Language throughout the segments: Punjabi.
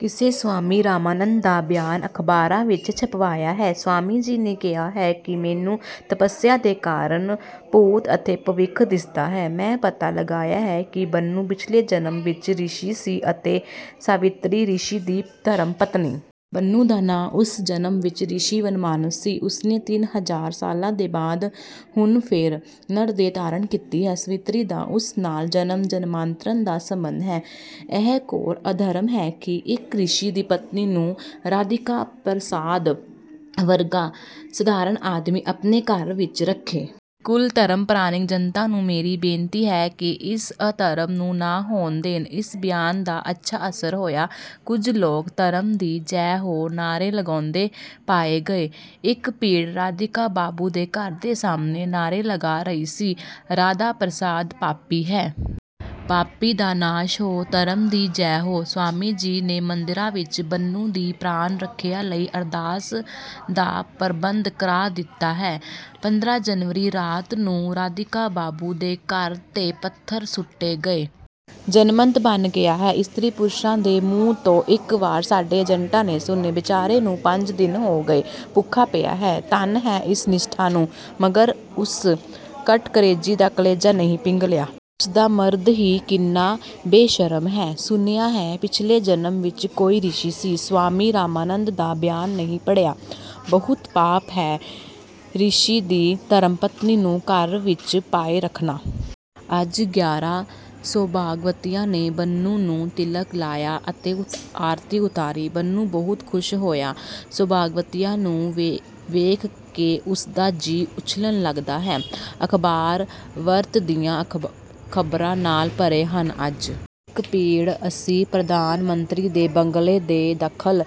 ਕਿਸੇ ਸਵਾਮੀ ਰਾਮਾਨੰਦ ਦਾ ਬਿਆਨ ਅਖ਼ਬਾਰਾਂ ਵਿੱਚ ਛਪਵਾਇਆ ਹੈ। ਸਵਾਮੀ ਜੀ ਨੇ ਕਿਹਾ ਹੈ ਕਿ ਮੈਨੂੰ ਤਪਸਿਆ ਦੇ ਕਾਰਨ ਭੂਤ ਅਤੇ ਭਵਿੱਖ ਦਿਸਦਾ ਹੈ। ਮੈਂ ਪਤਾ ਲਗਾਇਆ ਹੈ ਕਿ ਬੰਨੂ ਪਿਛਲੇ ਜਨਮ ਵਿੱਚ ਰਿਸ਼ੀ ਸੀ ਅਤੇ ਸਾਵਿਤਰੀ ਰਿਸ਼ੀ ਦੀ ਧਰਮਪਤਨੀ। ਬੰਨੂ ਦਾ ਨਾਮ ਉਸ ਜਨਮ ਵਿੱਚ ਰਿਸ਼ੀ ਵਨਮਾਨੁਸ ਸੀ। ਉਸਨੇ ਤਿੰਨ ਹਜਾਰ ਸਾਲਾਂ ਦੇ ਬਾਅਦ ਹੁਣ ਫਿਰ ਨਰਦੇਹ ਧਾਰਨ ਕੀਤੀ ਹੈ। ਸਾਵਿਤਰੀ ਦਾ ਉਸ ਨਾਲ ਜਨਮ-ਜਨਮਾਂਤਰ ਦਾ ਸੰਬੰਧ ਹੈ। ਇਹ ਘੋਰ ਅਧਰਮ ਹੈ ਕਿ ਇੱਕ ਰਿਸ਼ੀ ਦੀ ਪਤਨੀ ਨੂੰ ਰਾਧੀਕਾ ਪ੍ਰਸਾਦ, ਵਰਗਾ ਸਧਾਰਣ ਆਦਮੀ ਆਪਣੇ ਘਰ ਵਿੱਚ ਰੱਖੇ। ਕੁਲ ਧਰਮਪ੍ਰਾਇਣ ਜਨਤਾ ਨੂੰ ਮੇਰੀ ਬੇਨਤੀ ਹੈ ਕਿ ਇਸ ਅਧਰਮ ਨੂੰ ਨਾ ਹੋਣ ਦੇਣ। ਇਸ ਬਿਆਨ ਦਾ ਅੱਛਾ ਅਸਰ ਹੋਇਆ। ਕੁੱਝ ਲੋਕ ਧਰਮ ਦੀ ਜੈ ਹੋ! ਨਾਹਰੇ ਲਗਾਉਂਦੇ ਪਾਏ ਗਏ। ਇੱਕ ਭੀੜ ਰਾਧੀਕਾ ਬਾਬੂ ਦੇ ਘਰ ਦੇ ਸਾਹਮਣੇ ਨਾਹਰੇ ਲਗਾ ਰਹੀ ਸੀ, 'ਰਾਧਾ ਪ੍ਰਸਾਦ ਪਾਪੀ ਹੈ! ਪਾਪੀ ਦਾ ਨਾਸ਼ ਹੋ! ਧਰਮ ਦੀ ਜੈ ਹੋ।' ਸਵਾਮੀ ਜੀ ਨੇ ਮੰਦਿਰਾਂ ਵਿੱਚ ਬੰਨੂ ਦੀ ਪ੍ਰਾਣ-ਰੱਖਿਆ ਲਈ ਅਰਦਾਸ ਦਾ ਪ੍ਰਬੰਧ ਕਰਾ ਦਿੱਤਾ ਹੈ। ਪੰਦਰਾਂ ਜਨਵਰੀ ਰਾਤ ਨੂੰ ਰਾਧੀਕਾ ਬਾਬੂ ਦੇ ਘਰ ਤੇ ਪੱਥਰ ਸੁੱਟੇ ਗਏ। ਜਨਮਤ ਬਣ ਗਿਆ ਹੈ। ਇਸਤਰੀ-ਪੁਰਸ਼ਾਂ ਦੇ ਮੂੰਹ ਤੋਂ ਇਹ ਵਾਕ ਸਾਡੇ ਏਜੇਂਟਾਂ ਨੇ ਸੁਣੇ ।"ਬੇਚਾਰੇ ਨੂੰ ਪੰਜ ਦਿਨ ਹੋ ਗਏ। ਭੁੱਖਾ ਪਿਆ ਹੈ। " "ਧੰਨ ਹੈ ਇਸ ਨਿਸ਼ਠਾ ਨੂੰ। " "ਮਗਰ ਉਸ ਕਠਕਰੇਜੀ ਦਾ ਕਲੇਜਾ ਨਹੀਂ ਪਿਘਲਿਆ। " "ਉਸਦਾ ਮਰਦ ਵੀ ਕਿੰਨਾ ਬੇਸ਼ਰਮ ਹੈ। " "ਸੁਣਿਆ ਹੈ ਪਿਛਲੇ ਜਨਮ ਵਿੱਚ ਕੋਈ ਰਿਸ਼ੀ ਸੀ। " "ਸਵਾਮੀ ਰਾਮਾਨੰਦ ਦਾ ਬਿਆਨ ਨਹੀਂ ਪੜ੍ਹਿਆ! " "ਬਹੁਤ ਪਾਪ ਹੈ ਰਿਸ਼ੀ ਦੀ ਧਰਮਪਤਨੀ ਨੂੰ ਘਰ ਵਿੱਚ ਪਾਏ ਰੱਖਣਾ। " ਅੱਜ ਗਿਆਰਾਂ ਸੌਭਾਗਵਤੀਆਂ ਨੇ ਬੰਨੂ ਨੂੰ ਤਿਲਕ ਲਾਇਆ ਅਤੇ ਆਰਤੀ ਉਤਾਰੀ। ਬੰਨੂ ਬਹੁਤ ਖੁਸ਼ ਹੋਇਆ। ਸੌਭਾਗਵਤੀਆਂ ਨੂੰ ਵੇਖ ਕੇ ਉਸਦਾ ਜੀ ਉਛਲਣ ਲੱਗਦਾ ਹੈ। ਅਖਬਾਰ ਵਰਤ ਦੀਆਂ ਖਬਰਾਂ ਨਾਲ ਭਰੇ ਹਨ। ਅੱਜ ਇੱਕ ਭੀੜ ਅਸੀਂ ਪ੍ਰਧਾਨ ਮੰਤਰੀ ਦੇ ਬੰਗਲੇ ਤੇ ਦਖਲ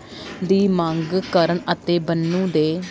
ਦੀ ਮੰਗ ਕਰਨ ਅਤੇ ਬੰਨੂ ਦੇ